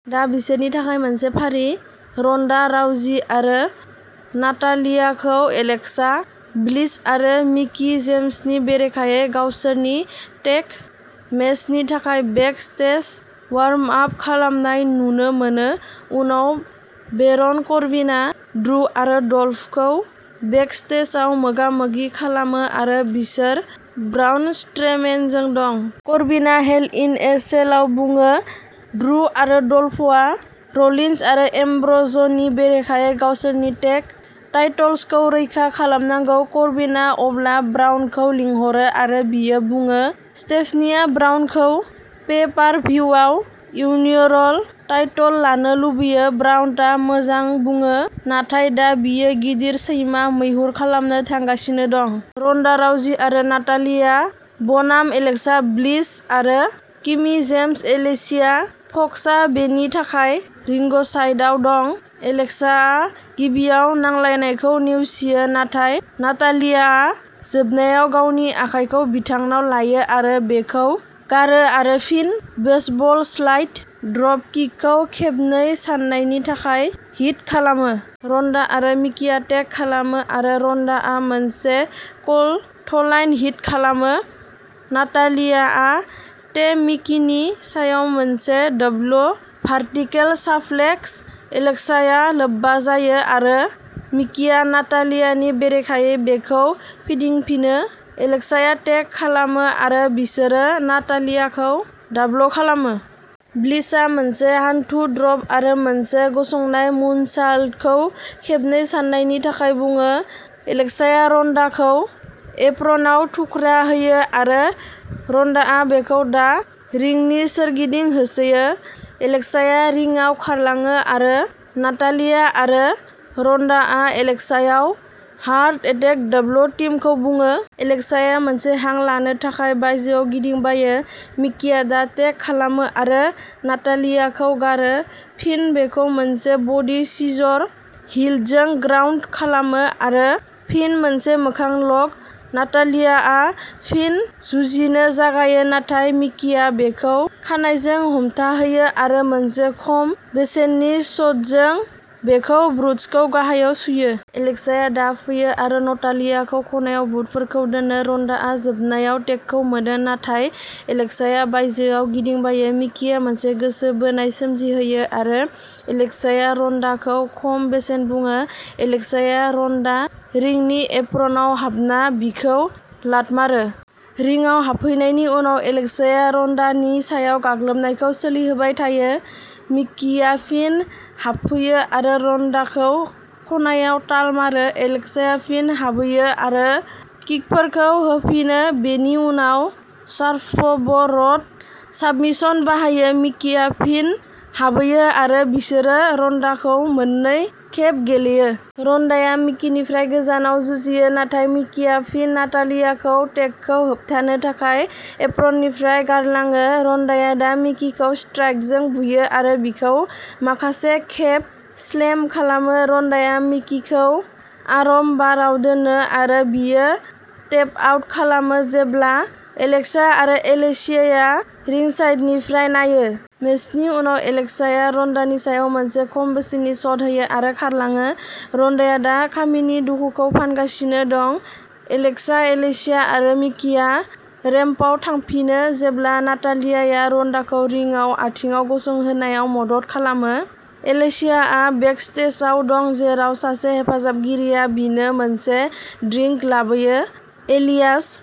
दा बिसोरनि थाखाय मोनसे फारि। रन्डा राउजी आरो नातालियाखौ एलेक्सा ब्लिस आरो मिकी जेम्सनि बेरेखायै गावसोरनि टेग मेचनि थाखाय बेकस्टेज वार्म आप खालामनाय नुनो मोनो, उनाव बेरन करबिनआ ड्रू आरो डल्फखौ बेकस्टेजआव मोगा-मोगि खालामो, आरो बिसोर ब्राउन स्ट्र'मेनजों दं। करबिनआ हेल इन ए सेलआव बुङो, ड्रू आरो डल्फआ र'लिन्स आरो एम्ब्र'जनि बेरेखायै गावसोरनि टेग टाइटल्सखौ रैखा खालामनांगौ। करबिनआ अब्ला ब्राउनखौ लिंहरो, आरो बियो बुङो स्टेफनीआ ब्राउनखौ पे-पार-भिउआव यूनिवर्सल टाइटल लानो लुबैयो। ब्राउनआ मोजां बुङो, नाथाय दा बियो गिदिर सैमा मैहुर खालामनो थांगासिनो दं। रन्डा राउजी आरो नातालिया बनाम एलेक्सा ब्लिस आरो मिकी जेम्स एलिसिया फक्सआ बेनि थाखाय रिंगसाइडआव दं। एलेक्साआ गिबियाव नांलायनायखौ नेवसियो, नाथाय नातालियाआ जोबनायाव गावनि आखाइखौ बिथांनाव लायो आरो बिखौ गारो आरो फिन बेसबल स्लाइड ड्रपकिकखौ खेबनै साननायनि थाखाय हिट खालामो। रन्डा आरो मिकीआ टेग खालामो आरो रन्डाआ मोनसे क्ल'थलाइन हिट खालामो। नातालियाआ टे मिकीनि सायाव मोनसे दाबल भार्टिकेल साप्लेक्स। एलेक्साया लोब्बा जायो आरो मिकीआ नातालियानि बेरेखायै बेखौ फिदिंफिनो। एलेक्साया टेग खालामो आरो बिसोरो नातालियाखौ दाबल खालामो। ब्लिसआ मोनसे हान्थु ड्रप आरो मोनसे गसंनाय मुनसाल्टखौ खेबनै साननायनि थाखाय बुयो। एलेक्साया रन्डाखौ एप्रनआव थुख्रा होयो, आरो रन्डाआ बिखौ दा रिंनि सोरगिदिं होसोयो। एलेक्साया रिंआव खारलाङो आरो नातालिया आरो रन्डाआ एलेक्सायाव हार्ट एटेक दाबल टीमखौ बुयो। एलेक्साया मोनसे हां लानो थाखाय बायजोआव गिदिंबोयो। मिकीआ दा टेग खालामो आरो नातालियाखौ गारो, फिन बिखौ मोनसे बडी सिजर होल्डजों ग्राउन्द खालामो, आरो फिन मोनसे मोखां लक। नातालियाआ फिन जुजिनो जागायो, नाथाय मिकीआ बिखौ खानाइजों हमथाहोयो आरो मोनसे खम बेसेननि शटजों बिखौ बुट्सखौ गाहायाव सुयो। एलेक्साया दा फैयो आरो नटालियाखौ खनायाव बुटफोरखौ दोनो। रन्डाआ जोबनायाव टेगखौ मोनो, नाथाय एलेक्साया बायजोआव गिदिंबोयो। मिकीया मोनसे गोसो बायनाय सोमजिहोयो आरो एलेक्साया रन्डाखौ खम बेसेनाव बुयो। एलेक्साया रन्डा रिंनि एप्रनआव हाबना बिखौ लात मारो। रिंआव फैफिन्नायनि उनाव, एलेक्साया रन्डानि सायाव गाग्लोबनायखौ सोलिहोबाय थायो। मिकीआ फिन हाबफैयो आरो रन्डाखौ खनायाव लात मारो। एलेक्साया फिन हाबहैयो आरो किकफोरखौ होफिनो, बेनि उनाव सार्फब'र्ड साबमिशन बाहायो। मिकीआ फिन हाबहैयो आरो बिसोरो रन्डाखौ मोननै खेब गेलेयो। रन्डाया मिकीनिफ्राय गोजानाव जुजियो, नाथाय मिकीआ फिन नातालियाखौ टेगखौ होबथानो थाखाय एप्रननिफ्राय गारलाङो। रन्डाया दा मिकीखौ स्ट्राइकजों बुयो आरो बिखौ माखासे खेब स्लेम खालामो। रन्डाया मिकीखौ आर्म बारआव दोनो आरो बियो टेप आउट खालामो जेब्ला एलेक्सा आरो एलिसियाया रिंसाइडनिफ्राय नायो। मेचनि उनाव, एलेक्साया रन्डानि सायाव मोनसे खम बेसेननि शट होयो आरो खारलाङो। रन्डाया दा खामिनि दुखुखौ फानगासिनो दं। एलेक्सा, एलिसिया आरो मिकीआ रेम्पआव थांफिनो जेब्ला नातालियाया रन्डाखौ रिंआव आथिंआव गसंहोनायाव मदद खालामो। एलियासआ बेकस्टेजआव दं जेराव सासे हेफाजाबगिरिया बिनो मोनसे ड्रिंक लाबोयो। एलियास